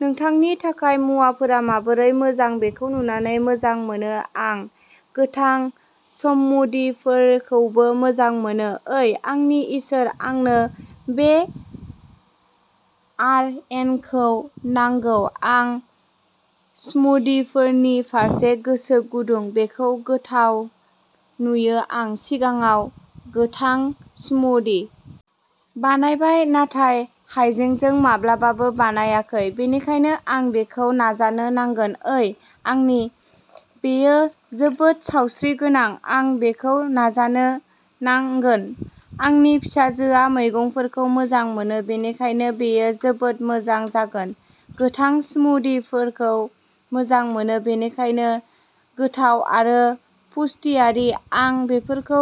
नोंथांनि थाखाय मुवाफोरा माबोरै मोजां बेखौ नुनानै मोजां मोनो। आं गोथां समुदिफोरखौबो मोजां मोनो। ओइ आंनि इसोर आंनो बे आरएनखौ नांगौ आं स्मुदिफोरनि फारसे गोसो गुदुं। बेखौ गोथाव नुयो आं सिगाङाव गोथां स्मुदि बानायबाय नाथाय हायजेंजों माब्लाबाबो बानायाखै बेनिखायनो आं बेखौ नाजानो नांगोन ओइ आंनि बेयो जोबोद सावस्रिगोनां आं बेखौ नाजानो नांगोन आंनि फिसाजोआ मैगंफोरखौ मोजां मोनो बेनिखायनो बेयो जोबोद मोजां जागोन गोथां स्मुदिफोरखौ मोजां मोनो बेनिखायनो गोथाव आरो पुष्टियारि आं बेफोरखौ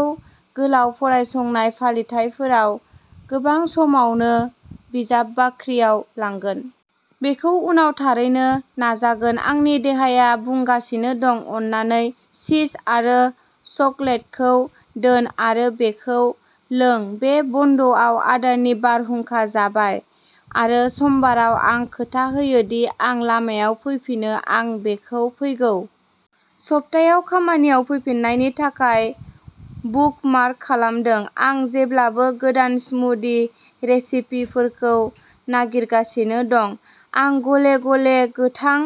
गोलाव फरायसंनाय फालिथायफोराव गोबां समावनो बिजाब बाख्रियाव लांगोन। बेखौ उनाव थारैनो नाजागोन आंनि देहाया बुंगासिनो दं अन्नानै चिज आरो चकलेटखौ दोन आरो बेखौ लों बे बन्द'आव आदारनि बारहुंखा जाबाय आरो समबाराव आं खोथा होयो दि आं लामायाव फैफिनो आं बेखौ फैगौ सप्तायाव खामानियाव फैफिन्नायनि थाखाय बुकमार्क खालामदों आं जेब्लाबो गोदान स्मुदि रेसिपिफोरखौ नागिरगासिनो दं आं गले गले गोथां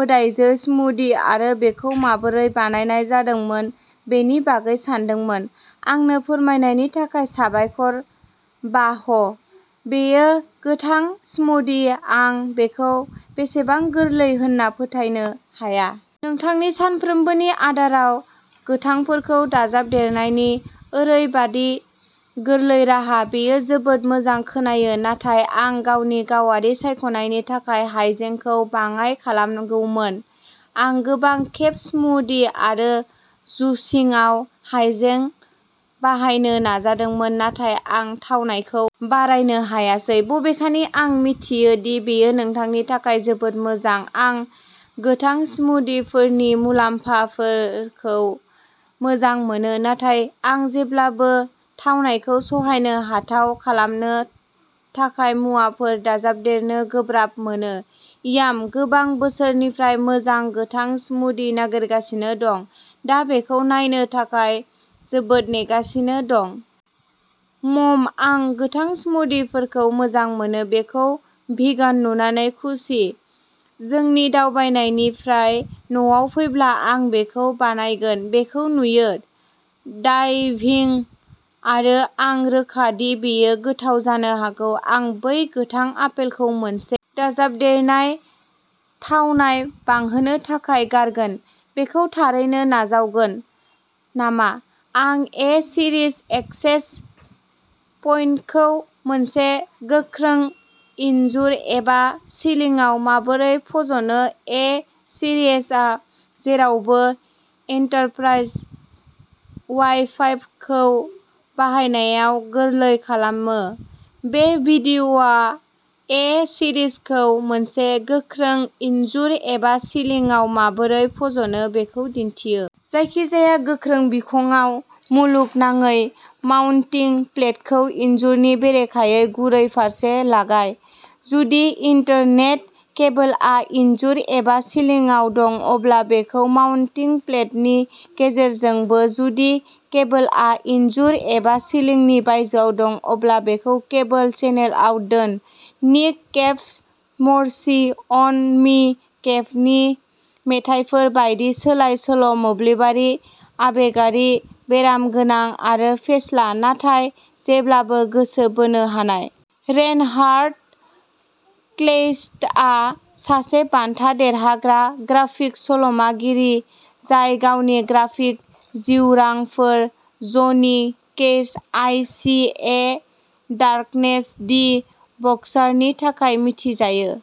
मोदाइजो स्मुदि आरो बेखौ माबोरै बानायनाय जादोंमोन बेनि बागै सानदोंमोन आंनो फोरमायनायनि थाखाय साबायखर बाह बेयो गोथां स्मुदि आं बेखौ बेसेबां गोरलै होनना फोथायनो हाया। नोंथांनि सानफ्रोमबोनि आदाराव गोथांफोरखौ दाजाबदेरनायनि ओरैबायदि गोरलै राहा बेयो जोबोद मोजां खोनायो नाथाय आं गावनि गावारि सायख'नायनि थाखाय हाइजेंखौ बाङाइ खालामगौमोन। आं गोबां खेब स्मुदि आरो जुसिंआव हाइजें बाहायनो नाजादोंमोन नाथाय आं थावनायखौ बारायनो हायासै बबेखानि आं मिथियो दि बेयो नोंथांनि थाखाय जोबोद मोजां आं गोथां स्मुदिफोरनि मुलाम्फाफोरखौ मोजां मोनो नाथाय आं जेब्लाबो थावनायखौ सहायनो हाथाव खालामनो थाखाय मुवाफोर दाजाबदेरनो गोब्राब मोनो याम गोबां बोसोरनिफ्राय मोजां गोथां स्मुदि नागिरगासिनो दं दा बेखौ नायनो थाखाय जोबोद नेगासिनो दं। मम आं गोथां स्मूदिफोरखौ मोजां मोनो। बेखौ भिगान नुनानै खुसि जोंनि दावबायनायनिफ्राय न'आव फैब्ला आं बेखौ बानायगोन बेखौ नुयो डाइभिं आरो आं रोखा दि बेयो गोथाव जानो हागौ आं बै गोथां आपेलखौ मोनसे दाजाबदेरनाय थावनाय बांहोनो थाखाय गारगोन बेखौ थारैनो नाजावगोन नामा आं ए सिरिज एक्सेस पइन्टखौ मोनसे गोख्रों इनजुर एबा सिलिंआव माबोरै फज'नो ए सीरीजआ जेरावबो एन्टारप्राइज वाइफाइखौ बाहायनायाव गोरलै खालामो बे वीडिय'आ ए सीरीजखौ मोनसे गोख्रों इनजुर एबा सिलिंआव माबोरै फज'नो बेखौ दिन्थियो। जायखिजाया गोख्रों बिखंआव मुलुगनाङै माउन्टिं प्लेटखौ इनजुरनि बेरेखायै गुरै फारसे लागाय। जुदि इथारनेट केबलआ इनजुर एबा सिलिंआव दं अब्ला बेखौ माउन्टिं प्लेटनि गेजेरजों बो जुदि केबलआ इनजुर एबा सिलिंनि बायजोआव दं अब्ला बेखौ केबल चेनेलाव दोन निक केभ मर्सी अन मी केभनि मेथाइफोर बायदि सोलाय सोल'मोब्लिबारि आबेगारि बेरामगोनां आरो फेस्ला नाथाय जेब्लाबो गोसो बोनो हानाय। रेनहार्ड क्लेइस्टआ सासे बान्था देरहाग्रा ग्राफिक सल'मागिरि जाय गावनि ग्राफिक जिउरांफोर जनि Cash I see a darkness the बक्सारनि थाखाय मिथिजायो।